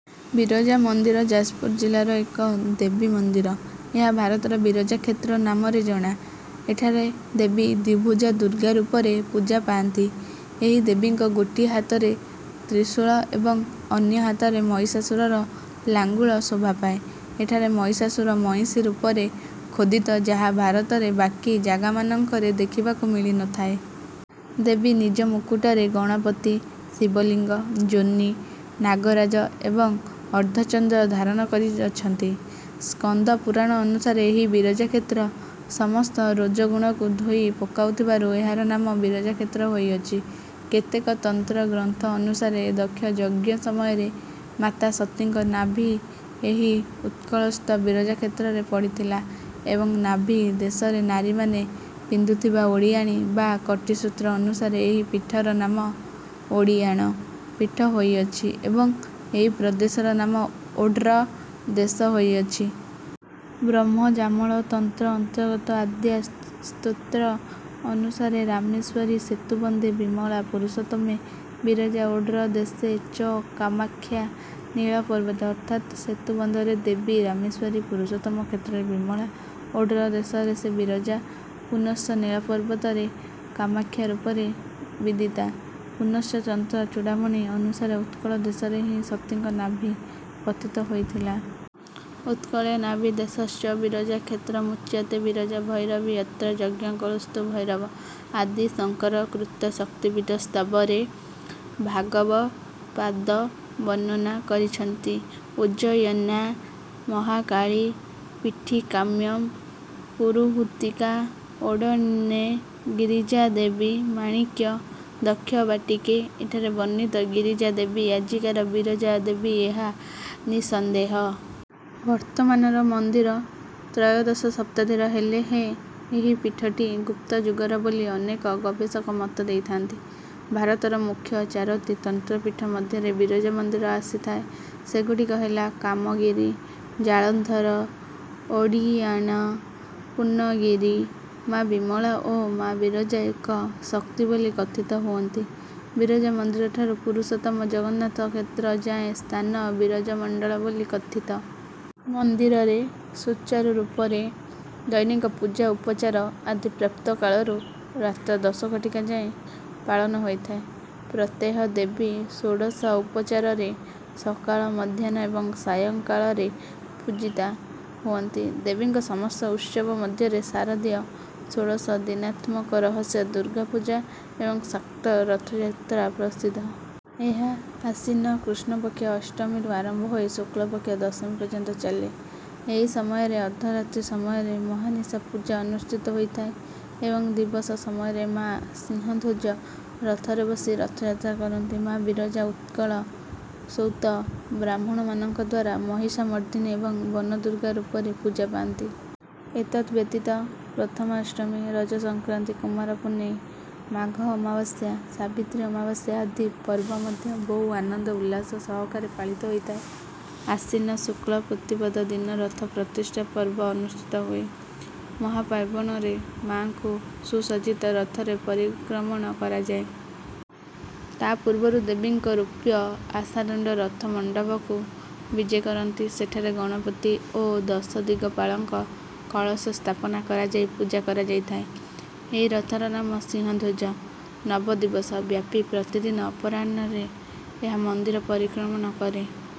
ବିରଜା ମନ୍ଦିର ଯାଜପୁର ଜିଲ୍ଲାର ଏକ ଦେବୀ ମନ୍ଦିର। ଏହା ଭାରତର ବିରଜା କ୍ଷେତ୍ର ନାମରେ ଜଣା। ଏଠାରେ ଦେବୀ ଦ୍ୱିଭୁଜା ଦୁର୍ଗା ରୂପରେ ପୂଜା ପାନ୍ତି। ଏହି ଦେବୀଙ୍କ ଗୋଟିଏ ହାତରେ ତ୍ରିଶୂଳ ଏବଂ ଅନ୍ୟ ହାତରେ ମହିଷାସୁରର ଲାଙ୍ଗୁଳ ଶୋଭା ପାଏ। ଏଠାରେ ମହିଷାସୁର ମଇଁଷି ରୂପରେ ଖୋଦିତ ଯାହା ଭାରତରେ ବାକି ଜାଗାମାନଙ୍କରେ ଦେଖିବାକୁ ମିଳିନଥାଏ। ଦେବୀ ନିଜ ମୁକୁଟରେ ଗଣପତି, ଶିବଲିଙ୍ଗ, ଯୋନି, ନାଗରାଜ ଏବଂ ଅର୍ଦ୍ଧଚନ୍ଦ୍ର ଧାରଣ କରି ଅଛନ୍ତି। ସ୍କନ୍ଦ ପୁରାଣ ଅନୁସାରେ ଏହି ବିରଜା କ୍ଷେତ୍ର ସମସ୍ତ ରଜୋଗୁଣକୁ ଧୋଇ ପକାଉଥିବାରୁ ଏହାର ନାମ ବିରଜା କ୍ଷେତ୍ର ହୋଇଅଛି। କେତେକ ତନ୍ତ୍ର ଗ୍ରନ୍ଥ ଅନୁସାରେ ଦକ୍ଷ ଯଜ୍ଞ ସମୟରେ ମାତା ସତୀଙ୍କ ନାଭି ଏହି ଉତ୍କଳସ୍ଥ ବିରଜା କ୍ଷେତ୍ରରେ ପଡ଼ିଥିଲା ଏବଂ ନାଭି ଦେଶରେ ନାରୀମାନେ ପିନ୍ଧୁଥିବା ଓଡ଼ିଆଣୀ ବା କଟିସୂତ୍ର ଅନୁସାରେ ଏହି ପୀଠର ନାମ ଓଡ୍ଡିୟାଣ ପୀଠ ହୋଇଅଛି, ଏବଂ ଏହି ପ୍ରଦେଶର ନାମ ଓଡ୍ର ଦେଶ ହୋଇଅଛି। ବ୍ରହ୍ମଯାମଳ ତନ୍ତ୍ର ଅନ୍ତର୍ଗତ ଆଦ୍ୟା ସ୍ତୋତ୍ର ଅନୁସାରେ:"ରାମେଶ୍ୱରୀ ସେତୁବନ୍ଧେ ବିମଳା ପୁରୁଷୋତ୍ତମେ ବିରଜା ଓଡ୍ର ଦେଶେ ଚ କାମାଖ୍ୟା ନୀଳ ପର୍ବତ" ଅର୍ଥାତ୍ ସେତୁବନ୍ଧରେ ଦେବୀ ରାମେଶ୍ୱରୀ, ପୁରୁଷୋତ୍ତମ କ୍ଷେତ୍ରରେ ବିମଳା, ଓଡ୍ର ଦେଶରେ ସେ ବିରଜା, ପୁନଶ୍ଚ ନୀଳପର୍ବତରେ କାମାଖ୍ୟା ରୂପରେ ବିଦିତା। ପୁନଶ୍ଚ ତନ୍ତ୍ର ଚୂଡାମଣି ଅନୁସାରେ ଉତ୍କଳ ଦେଶରେ ହିଁ ସତୀଙ୍କ ନାଭି ପତିତ ହୋଇଥିଲା। "ଉତ୍କଳେ ନାଭିଦେଶଶ୍ଚ ବିରଜା କ୍ଷେତ୍ରମୁଚ୍ୟତେବିରଜା ଭୈରବୀ ୟତ୍ର ଯଜ୍ଞକୋଳସ୍ତୁ ଭୈରବ" ଆଦି ଶଙ୍କର କୃତ ଶକ୍ତିପୀଠ ସ୍ତବରେ ଭାଗବତ୍ପାଦ ବର୍ଣ୍ଣନା କରିଛନ୍ତି: "ଉଜ୍ଜୟନ୍ୟା ମହାକାଳୀ ପୀଠିକାୟମ୍ ପୁରୁହୁତିକା ଓଡ୍ଡ୍ୟାଣେ ଗିରିଜା ଦେବୀ ମାଣିକ୍ୟ ଦକ୍ଷବାଟିକେ" ଏଠାରେ ବର୍ଣ୍ଣିତ ଗିରିଜା ଦେବୀ ଆଜିକାର ବିରଜା ଦେବୀ ଏହା ନିଃସନ୍ଦେହ। ବର୍ତ୍ତମାନର ମନ୍ଦିର ତ୍ରୟୋଦଶ ଶତାବ୍ଦୀର ହେଲେ ହେଁ ଏହି ପୀଠଟି ଗୁପ୍ତ ଯୁଗର ବୋଲି ଅନେକ ଗବେଷକ ମତ ଦେଇଥାନ୍ତି। ଭାରତର ମୁଖ୍ୟ ଚାରୋଟି ତନ୍ତ୍ରପୀଠ ମଧ୍ୟରେ ବିରଜା ମନ୍ଦିର ଆସିଥାଏ, ସେଗୁଡିକ ହେଲା କାମଗିରି, ଜାଳନ୍ଧର, ଓଡ୍ଡୀୟାନ, ପୂର୍ଣ୍ଣଗିରି। ମା ବିମଳା ଓ ମା ବିରଜା ଏକ ଶକ୍ତି ବୋଲି କଥିତ ହୁଅନ୍ତି, ବିରଜାମନ୍ଦିର ଠାରୁ ପୁରୁଷୋତ୍ତମ ଜଗନ୍ନାଥ କ୍ଷେତ୍ର ଯାଏଁ ସ୍ଥାନ ବିରଜମଣ୍ଡଳ ବୋଲି କଥିତ। ମନ୍ଦିରରେ ସୁଚାରୁ ରୂପରେ ଦୈନିକ ପୁଜା ଉପଚାର ଆଦି ପ୍ରାପ୍ତ କାଳରୁ ରାତ୍ର ଦଶ ଘଟିକା ଯାଏ ପାଳନ ହୋଇଥାଏ। ପ୍ରତ୍ୟହ ଦେବୀ ଷୋଡଶଉପଚାରରେ ସକାଳ, ମଧ୍ୟାହ୍ନ ଏବଂ ସାୟଂ କାଳରେ ପୂଜିତା ହୁଅନ୍ତି। ଦେବୀଙ୍କ ସମସ୍ତ ଉତ୍ସବ ମଧ୍ୟରେ ଶାରଦୀୟ ଷୋଡଶ ଦିନାତ୍ମକ ରହସ୍ୟ ଦୁର୍ଗା ପୂଜା ଏବଂ ଶାକ୍ତ ରଥଯାତ୍ରା ପ୍ରସିଦ୍ଧ। ଏହା ଆଶ୍ୱିନ କୃଷ୍ଣପକ୍ଷ ଅଷ୍ଟମୀରୁ ଆରମ୍ଭ ହୋଇ ଶୁକ୍ଲପକ୍ଷ ଦଶମୀ ପର୍ଯ୍ୟନ୍ତ ଚାଲେ। ଏହି ସମୟରେ ଅର୍ଦ୍ଧରାତ୍ରୀ ସମୟରେ ମହାନିଶା ପୂଜା ଅନୁଷ୍ଠିତ ହୋଇଥାଏ ଏବଂ ଦିବସ ସମୟରେ ମା' ସିଂହଧ୍ୱଜ ରଥରେ ବସି ରଥଯାତ୍ରା କରନ୍ତି। ମା' ବିରଜା ଉତ୍କଳ ଶ୍ରୌତ ବ୍ରାହ୍ମଣମାନଙ୍କଦ୍ୱାରା ମହିଷାମର୍ଦିନୀ ଏବଂ ବନଦୁର୍ଗା ରୂପରେ ପୂଜା ପାନ୍ତି। ଏତଦ୍ ବ୍ୟତୀତ ପ୍ରଥାମାଷ୍ଟମୀ, ରଜ ସଂକ୍ରାନ୍ତି, କୁମାର ପୁନେଇ, ମାଘ ଅମାବାସ୍ୟା, ସାବିତ୍ରୀ ଅମାବାସ୍ୟା ଆଦି ପର୍ବ ମଧ୍ୟ ବହୁ ଆନନ୍ଦ ଉଲ୍ଲାସ ସହକାରେ ପାଳିତ ହୋଇଥାଏ। ଆଶ୍ୱିନ ଶୁକ୍ଳ ପ୍ରତିପଦ ଦିନ ରଥ ପ୍ରତିଷ୍ଠା ପର୍ବ ଅନୁଷ୍ଠିତ ହୁଏ। ମହାପାର୍ବଣରେ ମାଙ୍କୁ ସୁସଜ୍ଜିତ ରଥରେ ପରିକ୍ରମଣ କରାଯାଏ। ତା ପୂର୍ବରୁ ଦେବୀଙ୍କ ରୁପ୍ୟ ଆଶାଦଣ୍ଡ ରଥ ମଣ୍ଡପକୁ ବିଜେ କରନ୍ତି। ସେଠାରେ ଗଣପତି ଓ ଦଶଦିଗପାଳଙ୍କ କଳସ ସ୍ଥାପନ କରାଯାଇ ପୂଜା କରାଯାଇଥାଏ। ଏହି ରଥର ନାମ ସିଂହଧ୍ୱଜ। ନବଦିବସ ବ୍ୟାପି ପ୍ରତିଦିନ ଅପରାହ୍ନରେ ଏହା ମନ୍ଦିର ପରିକ୍ରମଣ କରେ।